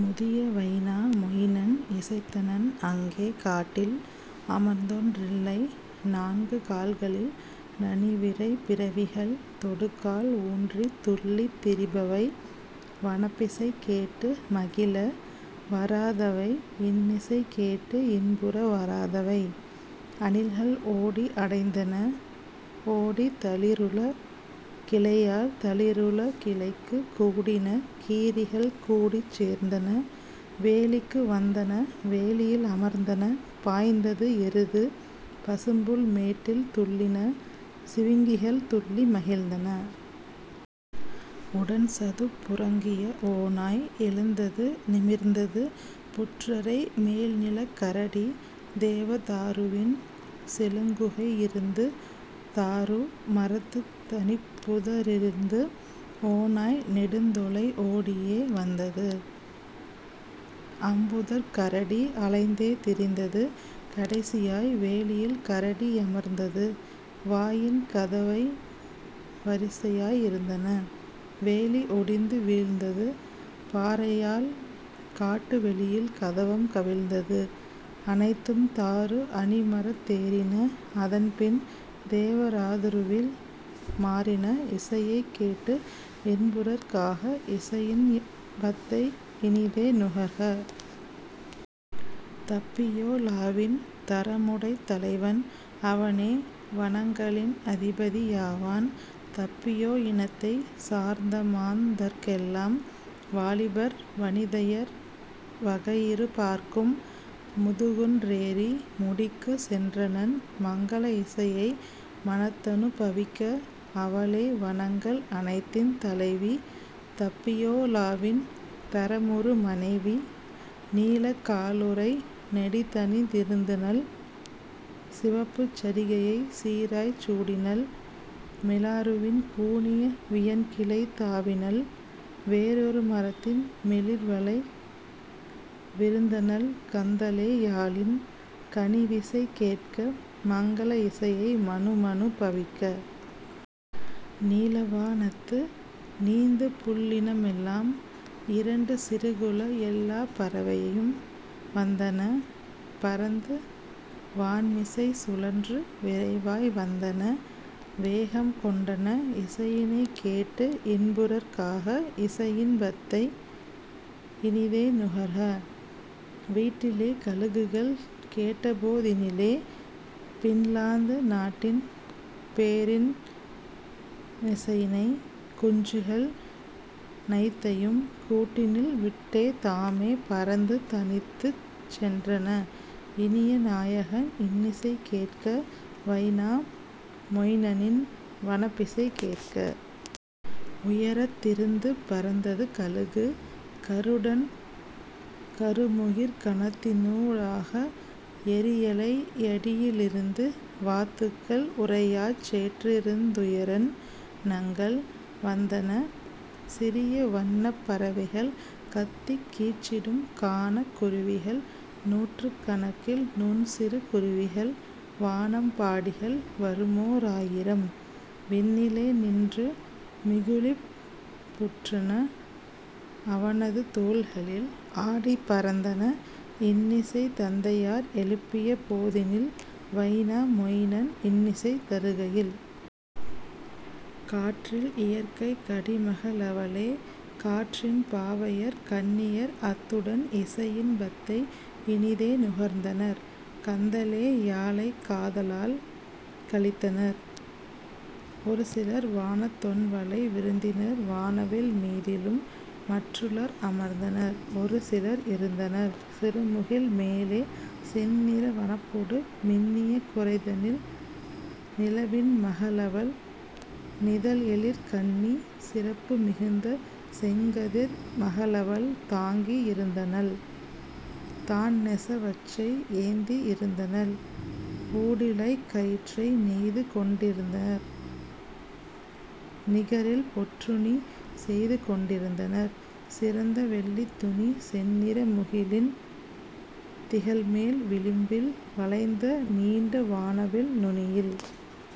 முதிய Vainamoinen இசைத்தனன் அங்கே காட்டில் அமர்ந்தொன் றில்லை நான்கு கால்களில் நனிவிரை பிறவிகள் தொடுகால் ஊன்றித் துள்ளித் திரிபவை வனப்பிசை கேட்டு மகிழ வராதவை இன்னிசை கேட்டு இன்புற வராதவை. அணில்கள் ஓடின அடைந்தன ஓடி தளிருள கிளையால் தளிருள கிளைக்கு கூடின கீரிகள் கூடிச் சேர்ந்தன வேலிக்கு வந்தன வேலியில் அமர்ந்தன பாய்ந்தது எருது பசும்புல் மேட்டில் துள்ளின சிவிங்கிகள் துள்ளி மகிழ்ந்தன. உடன்சதுப் புறங்கிய ஓநாய் எழுந்தது நிமிர்ந்தது புற்றரை மேல்நிலக் கரடி தேவ தாருவின் செழுங்குகை யிருந்து தாரு மரத்துத் தனிப்புத ரிருந்து; ஓநாய் நெடுந்தொலை ஓடியே வந்தது அம்புதர்க் கரடி அலைந்தே திரிந்தது கடைசியாய் வேலியில் கரடி யமர்ந்தது வாயின் கதவவை வரிசையாய் இருந்தன; வேலி ஒடிந்து வீழ்ந்தது பாறையில் காட்டு வெளியில் கதவம் கவிழ்ந்தது; அனைத்தும் தாரு அணிமரத் தேறின அதன்பின் தேவ ரதாருவில் மாறின இசையைக் கேட்டு இன்புறற் காக இசையின் பத்தை இனிதே நுகர. தப்பியோ லாவின் தரமுடைத் தலைவன் அவனே வனங்களின் அதிபதி யாவான் தப்பியோ இனத்தைச் சார்ந்தமாந் தர்க்கெலாம் வாலிபர் வனிதையர் வகையிரு பாற்கும், முதுகுன் றேறி முடிக்குச் சென்றனன் மங்கள இசையை மனத்தனு பவிக்க; அவளே வனங்கள் அனைத்தின் தலைவி தப்பியோ லாவின் தரமுறு மனைவி நீலக் காலுறை நெடிதணிந் திருந்தனள் சிவப்புச் சரிகையைச் சீராய்ச் சூடினள்; மிலாறுவின் கூனிய வியன்கிளைத் தாவினள் வேறொரு மரத்தின் மிளிர்வளை விருந்தனள் கந்தலே யாழின் கனிவிசை கேட்க மங்கள இசையை மனமனு பவிக்க. நீலவா னத்து நீந்துபுள் ளினமெலாம் இரண்டு சிறகுள எல்லாப் பறவையும் வந்தன பறந்து வான்மிசைச் சுழன்று விரைவாய் வந்தன வேகம் கொண்டன இசையினைக் கேட்டு இன்புறற் காக இசையின் பத்தை இனிதே நுகர. வீட்டிலே கழுகுகள் கேட்டபோ தினிலே பின்லாந்து நாட்டின் பேரின் னிசையினை குஞ்சுகள் னைத்தையும் கூட்டினில் விட்டே தாமே பறந்து தனித்துச் சென்றன இனிய நாயகன் இன்னிசை கேட்க வைனா மொயினனின் வனப்பிசை கேட்க. உயரத் திருந்து பறந்தது கழுகு கருடன் கருமுகிற் கணத்தினூ டாக எறியலை யடியி லிருந்து வாத் துக்கள் உறையாச் சேற்றிருந் துயரன் னங்கள்; வந்தன சிறிய வன்னப் பறவைகள் கத்திக் கீச்சிடும் கானக் குருவிகள் நூற்றுக் கணக்கில் நுண்சிறு குருவிகள் வானம் பாடிகள் வருமோ ராயிரம் விண்ணிலே நின்று மிகுகளிப் புற்றன அவனது தோள்களில் அடித்துப் பறந்தன இன்னிசை தந்தையார் எழுப்பிய போதினில் வைனா மொயினன் இன்னிசை தருகையில். காற்றில் இயற்கைக் கடிமக ளவளே காற்றின் பாவையர் கன்னியர் அத்துடன் இசையின் பத்தை இனிதே நுகர்ந்தனர் கந்தலே யாழைக் காதால் களித்தனர் ஒருசிலர் வானத் தொண்வளை விருந்தனர் வானவில் மீதிலும் மற்றுளர் அமர்ந்தனர் ஒருசிலர் இருந்தனர் சிறுமுகில் மேலே செந்நிற வனப்பொடு மின்னிய கரைதனில். நிலவின் மகளவள் நிதஎழிற் கன்னி சிறப்பு மிகுந்த செங்கதிர் மகளவள் தாங்கி யிருந்தனள் தான்நெச வச்சை ஏந்தி யிருந்தனள் ஊடிழைக் கயிற்றை நெய்துகொண் டிருந்தனர் நிகரில் பொற்றுணி செய்துகொண் டிருந்தனர் சிறந்தவெள் ளித்துணி செந்நிற முகிலின் திகழ்மேல் விளிம்பில் வளைந்த நீண்ட வானவில் நுனியில்.